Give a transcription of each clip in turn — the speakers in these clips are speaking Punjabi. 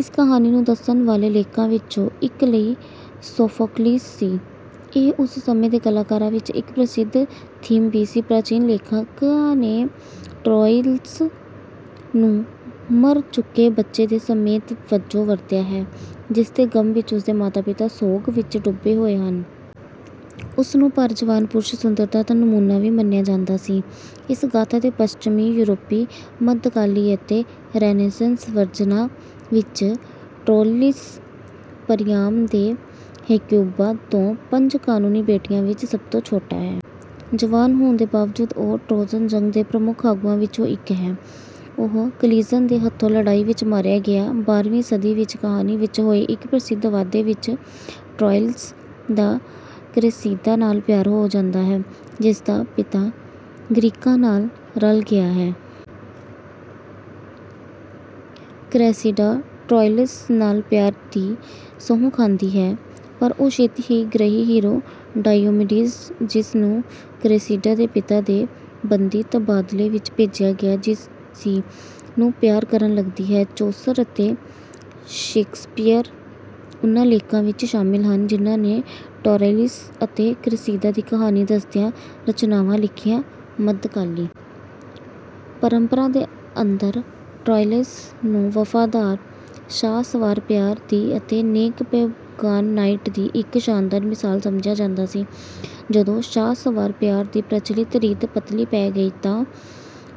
ਇਸ ਕਹਾਣੀ ਨੂੰ ਦੱਸਣ ਵਾਲੇ ਲੇਖਕਾਂ ਵਿੱਚੋਂ ਇੱਕ ਲਈ ਸੋਫ਼ੋਕਲੀਸ ਸੀ। ਇਹ ਉਸ ਸਮੇਂ ਦੇ ਕਲਾਕਾਰਾਂ ਵਿਚ ਇਕ ਪ੍ਰਸਿੱਧ ਥੀਮ ਵੀ ਸੀ। ਪ੍ਰਾਚੀਨ ਲੇਖਕਾਂ ਨੇ ਟਰੋਇਲਸ ਨੂੰ ਮਰ ਚੁੱਕੇ ਬੱਚੇ ਦੇ ਸੰਕੇਤ ਵਜੋਂ ਵਰਤਿਆ ਹੈ, ਜਿਸਦੇ ਗਮ ਵਿੱਚ ਉਸਦੇ ਮਾਤਾ-ਪਿਤਾ ਸੋਗ ਵਿਚ ਡੁੱਬੇ ਹੋਏ ਹਨ। ਉਸ ਨੂੰ ਭਰ ਜਵਾਨ ਪੁਰਸ਼ ਸੁੰਦਰਤਾ ਦਾ ਨਮੂਨਾ ਵੀ ਮੰਨਿਆ ਜਾਂਦਾ ਸੀ। ਇਸ ਗਾਥਾ ਦੇ ਪੱਛਮੀ ਯੂਰਪੀ ਮੱਧਕਾਲੀ ਅਤੇ ਰੇਨੇਸੈਂਸ ਵਰਜਨਾਂ ਵਿੱਚ, ਟਰੋਇਲਸ ਪਰਿਆਮ ਦੇ ਹੇਕਿਊਬਾ ਤੋਂ ਪੰਜ ਕਾਨੂੰਨੀ ਬੇਟਿਆਂ ਵਿੱਚ ਸਭ ਤੋਂ ਛੋਟਾ ਹੈ। ਜਵਾਨ ਹੋਣ ਦੇ ਬਾਵਜੂਦ ਉਹ ਟਰੋਜਨ ਜੰਗ ਦੇ ਪ੍ਰਮੁੱਖ ਆਗੂਆਂ ਵਿੱਚੋਂ ਇੱਕ ਹੈ। ਉਹ ਅਕੀਲਜ਼ ਦੇ ਹੱਥੋਂ ਲੜਾਈ ਵਿਚ ਮਾਰਿਆ ਗਿਆ। ਬਾਰ੍ਹਵੀਂ ਸਦੀ ਵਿੱਚ ਕਹਾਣੀ ਵਿੱਚ ਹੋਏ ਇੱਕ ਪ੍ਰਸਿੱਧ ਵਾਧੇ ਵਿੱਚ, ਟਰੋਇਲਸ ਦਾ ਕ੍ਰੇਸੀਦਾ ਨਾਲ ਪਿਆਰ ਹੋ ਜਾਂਦਾ ਹੈ, ਜਿਸਦਾ ਪਿਤਾ ਗ੍ਰੀਕਾਂ ਨਾਲ ਰਲ਼ ਗਿਆ ਹੈ। ਕ੍ਰੇਸਿਡਾ ਟਰੋਇਲਸ ਨਾਲ ਪਿਆਰ ਦੀ ਸਹੁੰ ਖਾਂਦੀ ਹੈ, ਪਰ ਉਹ ਛੇਤੀ ਹੀ ਗ੍ਰੀਕ ਹੀਰੋ ਡਾਇਓਮੀਡਜ਼, ਜਿਸ ਨੂੰ ਕ੍ਰੇਸਿਡਾ ਦੇ ਪਿਤਾ ਦੇ ਬੰਦੀ ਤਬਾਦਲੇ ਵਿੱਚ ਭੇਜਿਆ ਗਿਆ ਜਿਸ ਸੀ, ਨੂੰ ਪਿਆਰ ਕਰਨ ਲੱਗਦੀ ਹੈ। ਚੌਸਰ ਅਤੇ ਸ਼ੇਕਸਪੀਅਰ ਉਨ੍ਹਾਂ ਲੇਖਕਾਂ ਵਿਚ ਸ਼ਾਮਲ ਹਨ, ਜਿਨ੍ਹਾਂ ਨੇ ਟਰੋਇਲਸ ਅਤੇ ਕ੍ਰੇਸੀਦਾ ਦੀ ਕਹਾਣੀ ਦੱਸਦੀਆਂ ਰਚਨਾਵਾਂ ਲਿਖੀਆਂ। ਮੱਧਕਾਲੀ ਪਰੰਪਰਾ ਦੇ ਅੰਦਰ, ਟਰੋਇਲਸ ਨੂੰ ਵਫ਼ਾਦਾਰ ਸ਼ਾਹਸਵਾਰ ਪਿਆਰ ਦੀ ਅਤੇ ਨੇਕ-ਪੈਗਾਨ ਨਾਇਟ ਦੀ ਇੱਕ ਸ਼ਾਨਦਾਰ ਮਿਸਾਲ ਸਮਝਿਆ ਜਾਂਦਾ ਸੀ। ਜਦੋਂ ਸ਼ਾਹਸਵਾਰ ਪਿਆਰ ਦੀ ਪ੍ਰਚਲਿਤ ਰੀਤ ਪਤਲੀ ਪੈ ਗਈ ਤਾਂ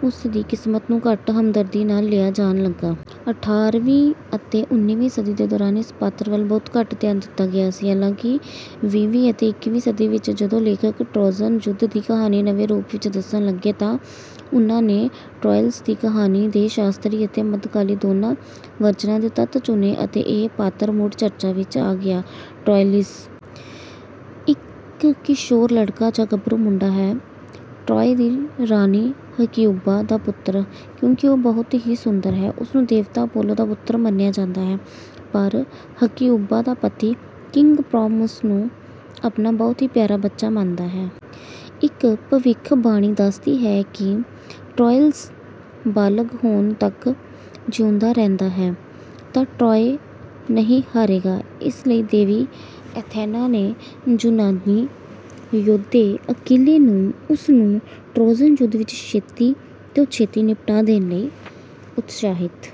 ਉਸ ਦੀ ਕਿਸਮਤ ਨੂੰ ਘੱਟ ਹਮਦਰਦੀ ਨਾਲ ਲਿਆ ਜਾਣ ਲੱਗਾ। ਅਠਾਰ੍ਹਵੀਂ ਅਤੇ ਉੱਨੀਵੀਂ ਸਦੀ ਦੇ ਦੌਰਾਨ ਇਸ ਪਾਤਰ ਵੱਲ ਬਹੁਤ ਘੱਟ ਧਿਆਨ ਦਿੱਤਾ ਗਿਆ ਸੀ। ਹਾਲਾਂਕਿ, ਵੀਹਵੀਂ ਅਤੇ ਇੱਕੀਵੀਂ ਸਦੀ ਵਿੱਚ, ਜਦੋਂ ਲੇਖਕ ਟਰੋਜਨ ਯੁੱਧ ਦੀ ਕਹਾਣੀ ਨਵੇਂ ਰੂਪ ਵਿੱਚ ਦੱਸਣ ਲੱਗੇ, ਤਾਂ ਉਨ੍ਹਾਂ ਨੇ ਟਰੋਇਲਸ ਦੀ ਕਹਾਣੀ ਦੇ ਸ਼ਾਸਤਰੀ ਅਤੇ ਮੱਧਕਾਲੀ ਦੋਨਾਂ ਵਰਜਨਾਂ ਦੇ ਤੱਤ ਚੁਣੇ ਅਤੇ ਇਹ ਪਾਤਰ ਮੁੜ ਚਰਚਾ ਵਿੱਚ ਆ ਗਿਆ। ਟਰੋਇਲਸ ਇੱਕ ਕਿਸ਼ੋਰ ਲੜਕਾ ਜਾਂ ਗਭਰੂ ਮੁੰਡਾ ਹੈ, ਟਰੌਏ ਦੀ ਰਾਣੀ ਹਕਿਊਬਾ ਦਾ ਪੁੱਤਰ। ਕਿਉਂਕਿ ਉਹ ਬਹੁਤ ਹੀ ਸੁੰਦਰ ਹੈ, ਉਸਨੂੰ ਦੇਵਤਾ ਅਪੋਲੋ ਦਾ ਪੁੱਤਰ ਮੰਨਿਆ ਜਾਂਦਾ ਹੈ। ਪਰ, ਹਕਿਊਬਾ ਦਾ ਪਤੀ, ਕਿੰਗ ਪ੍ਰਾਮ, ਉਸ ਨੂੰ ਆਪਣਾ ਬਹੁਤ ਹੀ ਪਿਆਰਾ ਬੱਚਾ ਮੰਨਦਾ ਹੈ। ਇੱਕ ਭਵਿੱਖਬਾਣੀ ਦੱਸਦੀ ਹੈ ਕਿ ਟਰੋਇਲਸ ਬਾਲਗ ਹੋਣ ਤੱਕ ਜਿਉਂਦਾ ਰਹਿੰਦਾ ਹੈ ਤਾਂ ਟਰੌਏ ਨਹੀਂ ਹਾਰੇਗਾ। ਇਸ ਲਈ ਦੇਵੀ ਐਥੇਨਾ ਨੇ ਯੂਨਾਨੀ ਯੋਧੇ ਅਕੀਲੇ ਨੂੰ ਉਸ ਨੂੰ ਟਰੋਜਨ ਯੁੱਧ ਵਿਚ ਛੇਤੀ ਤੋਂ ਛੇਤੀ ਨਿਪਟਾ ਦੇਣ ਲਈ ਉਤਸ਼ਾਹਿਤ...